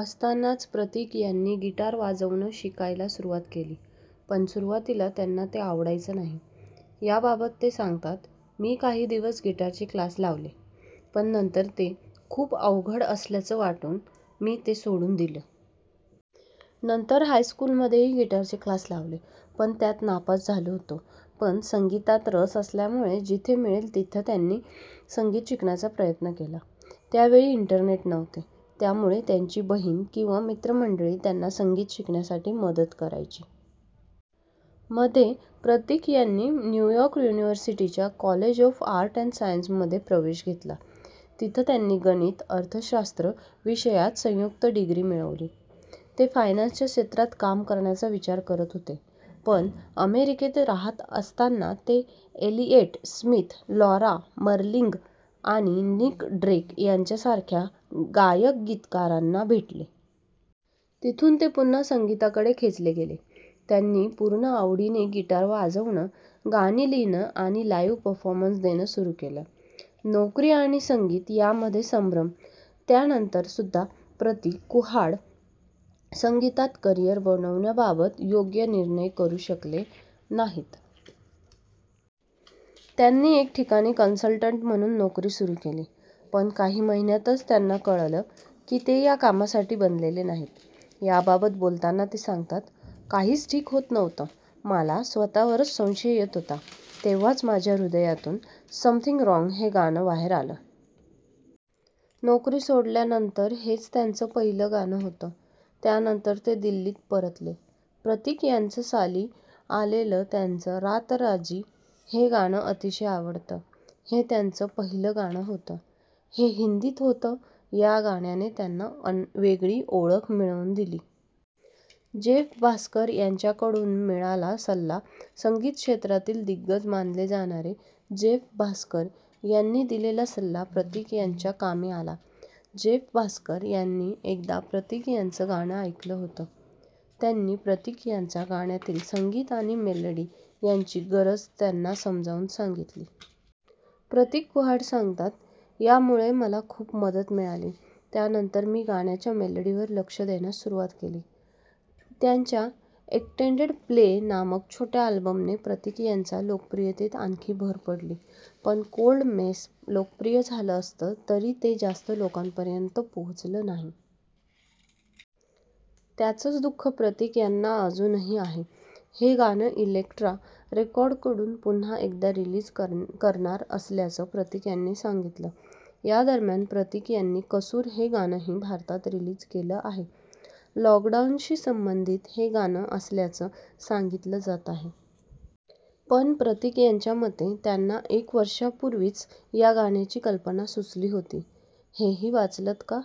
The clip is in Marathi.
असतानाच प्रतीक यांनी गिटार वाजवणं शिकायला सुरुवात केली. पण सुरुवातीला त्यांना ते आवडायचं नाही. याबाबत ते सांगतात, मी काही दिवस गिटारचे क्लास लावले. पण नंतर ते खूप अवघड असल्याचं वाटून मी ते सोडून दिले. नंतर हाय स्कूलमध्येही गिटारचे क्लास लावले, पण त्यात नापास झालो होतो. पण, संगीतात रस असल्यामुळे जिथं मिळेल तिथं त्यांनी संगीत शिकण्याचा प्रयत्न केला. त्यावेळी इंटरनेट नव्हतं. त्यामुळे त्यांची बहिण किंवा मित्रमंडळी त्यांना संगीत शिकण्यासाठी मदत करायची. मध्ये प्रतीक यांनी न्यूयॉर्क युनिव्हर्सिटीच्या कॉलेज ऑफ आर्ट्स अँड सायन्समध्ये प्रवेश घेतला. तिथं त्यांनी गणित, अर्थशास्त्र विषयात संयुक्त डिग्री मिळवली. ते फायनान्स क्षेत्रात काम करण्याचा विचार करत होते. पण अमेरिकेत राहत असताना ते एलेएट स्मिथ, लॉरा मार्लिंग आणि निक ड्रेक यांच्यासारख्या गायक-गीतकारांना भेटले. तिथून ते पुन्हा संगीताकडे खेचले गेले. त्यांनी पूर्ण आवडीने गिटार वाजवणं, गाणी लिहिणं आणि लाईव्ह परफॉर्मन्स देणं सुरू केलं. नोकरी आणि संगीत यामध्ये संभ्रम यानंतर सुद्धा प्रतीक कुहाड संगीतात करिअर बनवण्याबाबत योग्य निर्णय करू शकले नाहीत. त्यांनी एक ठिकाणी कंन्सल्टंट म्हणून नोकरी सुरू केली. पण काही महिन्यातच त्यांना कळलं की ते या कामासाठी बनलेले नाहीत. याबाबत बोलताना ते सांगतात, काहीच ठीक होत नव्हतं. मला स्वतःवरच संशय येत होता. तेव्हाच माझ्या हृदयातून समथिंग राँग हे गाणं बाहेर आलं. नोकरी सोडल्यानंतर हेच त्यांचं पहिलं गाणं होतं. यानंतर ते दिल्लीत परतले. प्रतिक यांचं साली आलेलं त्यांचं रात राजी हे गाणं अतिशय आवडतं. हे त्यांचं पहिलं गाणं होतं. हे हिंदीत होतं. या गाण्याने त्यांना वेगळी ओळख मिळवून दिली. जेफ भास्कर यांच्याकडून मिळाला सल्ला संगीत क्षेत्रातील दिग्गज मानले जाणारे जेफ भास्कर यांनी दिलेला सल्ला प्रतिक यांच्या कामी आला. जेफ भास्कर यांनी एकदा प्रतिक यांचं गाणं ऐकलं होतं. त्यांनी प्रतीक यांच्या गाण्यातील संगीत आणि मेलडी यांची गरज त्यांना समजावून सांगितली. प्रतीक कुहाड सांगतात, यामुळे मला खूप मदत मिळाली. त्यानंतर मी गाण्याच्या मेलडीवर लक्ष देण्यास सुरुवात केली. त्यांच्या एक्टेंडेड प्ले नामक छोट्या अल्बमने प्रतीक यांच्या लोकप्रियतेत आणखी भर पडली. पण कोल्ड मेस लोकप्रिय झालं असलं तरी ते जास्त लोकांपर्यंत पोहोचलं नाही. त्याचंच दुःख प्रतिक यांना अजूनही आहे. हे गाणं इलेक्ट्रा रेकॉर्डकडून पुन्हा एकदा रिलीज करणार असल्याचं प्रतिक यांनी सांगितलं. यादरम्यान, प्रतीक यांनी कसूर हे गाणंही भारतात रिलीज केलं आहे. लॉकडाऊनशी संबंधित हे गाणं असल्याचं सांगितलं जात आहे. पण प्रतिक यांच्या मते, त्यांना एका वर्षापूर्वीच या गाण्याची कल्पना सुचली होती. हेही वाचलंत का?